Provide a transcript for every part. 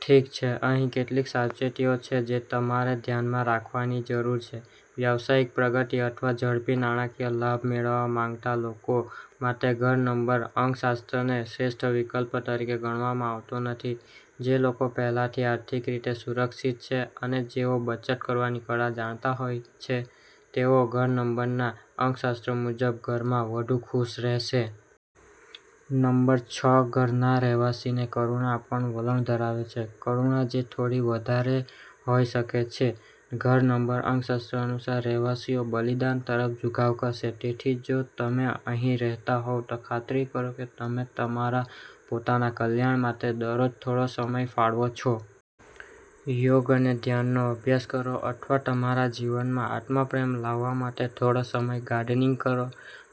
ઠીક છે, અહીં કેટલીક સાવચેતીઓ છે જે તમારે ધ્યાનમાં રાખવાની જરૂર છે. વ્યવસાયિક પ્રગતિ અથવા ઝડપી નાણાકીય લાભ મેળવવા માંગતા લોકો માટે ઘર નંબર અંકશાસ્ત્રને શ્રેષ્ઠ વિકલ્પ તરીકે ગણવામાં આવતો નથી. જે લોકો પહેલાથી આર્થિક રીતે સુરક્ષિત છે અને જેઓ બચત કરવાની કળા જાણતા હોય છે, તેઓ ઘર નંબરના અંકશાસ્ત્ર મુજબ ઘરમાં વધુ ખુશ રહેશે. નંબર છ ઘરના રહેવાસીને કરુણા આપવાનું વલણ ધરાવે છે, કરુણા જે થોડી વધારે હોઈ શકે છે. ઘર નંબર અંકશાસ્ત્ર અનુસાર, રહેવાસીઓ બલિદાન તરફ ઝુકાવ કરશે. તેથી જો તમે અહીં રહેતા હોવ, તો ખાતરી કરો કે તમે તમારા પોતાના કલ્યાણ માટે દરરોજ થોડો સમય ફાળવો છો. યોગ અને ધ્યાનનો અભ્યાસ કરો અથવા તમારા જીવનમાં આત્મ-પ્રેમ લાવવા માટે થોડો સમય ગાર્ડનિંગ કરો.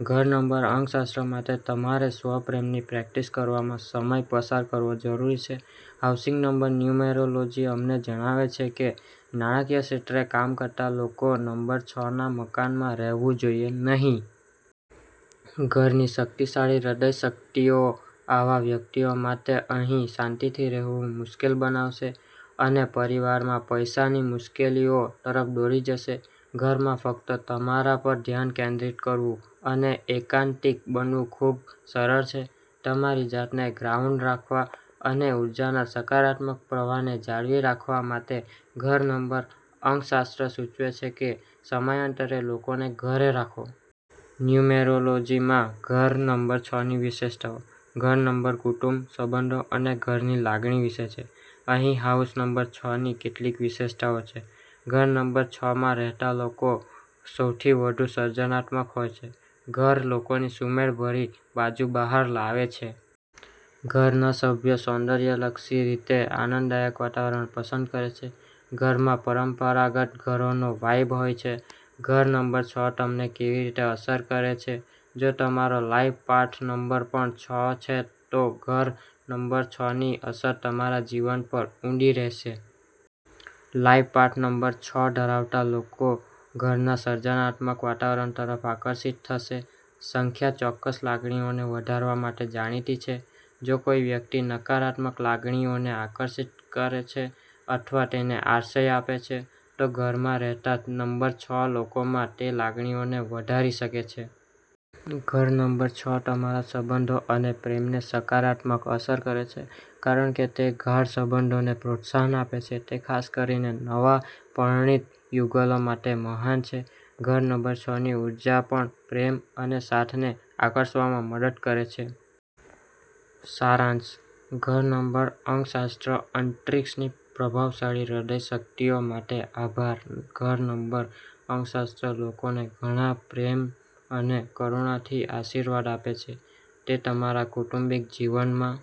ઘર નંબર અંકશાસ્ત્ર માટે તમારે સ્વ-પ્રેમની પ્રેક્ટિસ કરવામાં સમય પસાર કરવો જરૂરી છે. હાઉસ નંબર ન્યુમેરોલોજી અમને જણાવે છે કે નાણાંકીય ક્ષેત્રે કામ કરતા લોકો નંબર છના મકાનમાં રહેવું જોઈએ નહીં. ઘરની શક્તિશાળી હ્રદય શક્તિઓ આવા વ્યક્તિઓ માટે અહીં શાંતિથી રહેવું મુશ્કેલ બનાવશે, અને પરિવારમાં પૈસાની મુશ્કેલીઓ તરફ દોરી જશે. ઘરમાં ફક્ત તમારા પર ધ્યાન કેન્દ્રિત કરવું અને એકાંતિક બનવું ખૂબ સરળ છે. તમારી જાતને ગ્રાઉન્ડ રાખવા અને ઉર્જાના સકારાત્મક પ્રવાહને જાળવી રાખવા માટે, ઘર નંબર અંકશાસ્ત્ર સૂચવે છે કે સમયાંતરે લોકોને ઘરે રાખો. ન્યુમેરોલોજીમાં ઘર નંબર છની વિશેષતાઓ. ઘર નંબર કુટુંબ, સંબંધો અને ઘરની લાગણી વિશે છે. અહીં હાઉસ નંબર છની કેટલીક વિશેષતાઓ છે. ઘર નંબર છમાં રહેતા લોકો સૌથી વધુ સર્જનાત્મક હોય છે. ઘર લોકોની સુમેળભરી બાજુ બહાર લાવે છે. ઘરના સભ્યો સૌંદર્યલક્ષી રીતે આનંદદાયક વાતાવરણ પસંદ કરે છે. ઘરોમાં પરંપરાગત ઘરોનો વાઇબ હોય છે. ઘર નંબર છ તમને કેવી રીતે અસર કરે છે? જો તમારો લાઈફ પાથ નંબર પણ છ છે તો ઘર નંબર છની અસર તમારા જીવન પર ઊંડી રહેશે. લાઈફ પાથ નંબર છ ધરાવતા લોકો ઘરના સર્જનાત્મક વાતાવરણ તરફ આકર્ષિત થશે. સંખ્યા ચોક્કસ લાગણીઓને વધારવા માટે જાણીતી છે. જો કોઈ વ્યક્તિ નકારાત્મક લાગણીઓને આકર્ષિત કરે છે અથવા તેને આશ્રય આપે છે, તો ઘરમાં રહેતા, નંબર છ લોકોમાં તે લાગણીઓને વધારી શકે છે. ઘર નંબર છ તમારા સંબંધો અને પ્રેમને સકારાત્મક અસર કરે છે, કારણ કે તે ગાઢ સંબંધોને પ્રોત્સાહન આપે છે. તે ખાસ કરીને નવા પરિણીત યુગલો માટે મહાન છે. ઘર નંબર છની ઉર્જા પણ પ્રેમ અને સાથને આકર્ષવામાં મદદ કરે છે. સારાંશ. ઘર નંબર અંકશાસ્ત્ર અંતરિક્ષની પ્રભાવશાળી હૃદય શક્તિઓ માટે આભાર, ઘર નંબર અંકશાસ્ત્ર લોકોને ઘણા પ્રેમ અને કરુણાથી આશીર્વાદ આપે છે. તે તમારા કૌટુંબિક જીવનમાં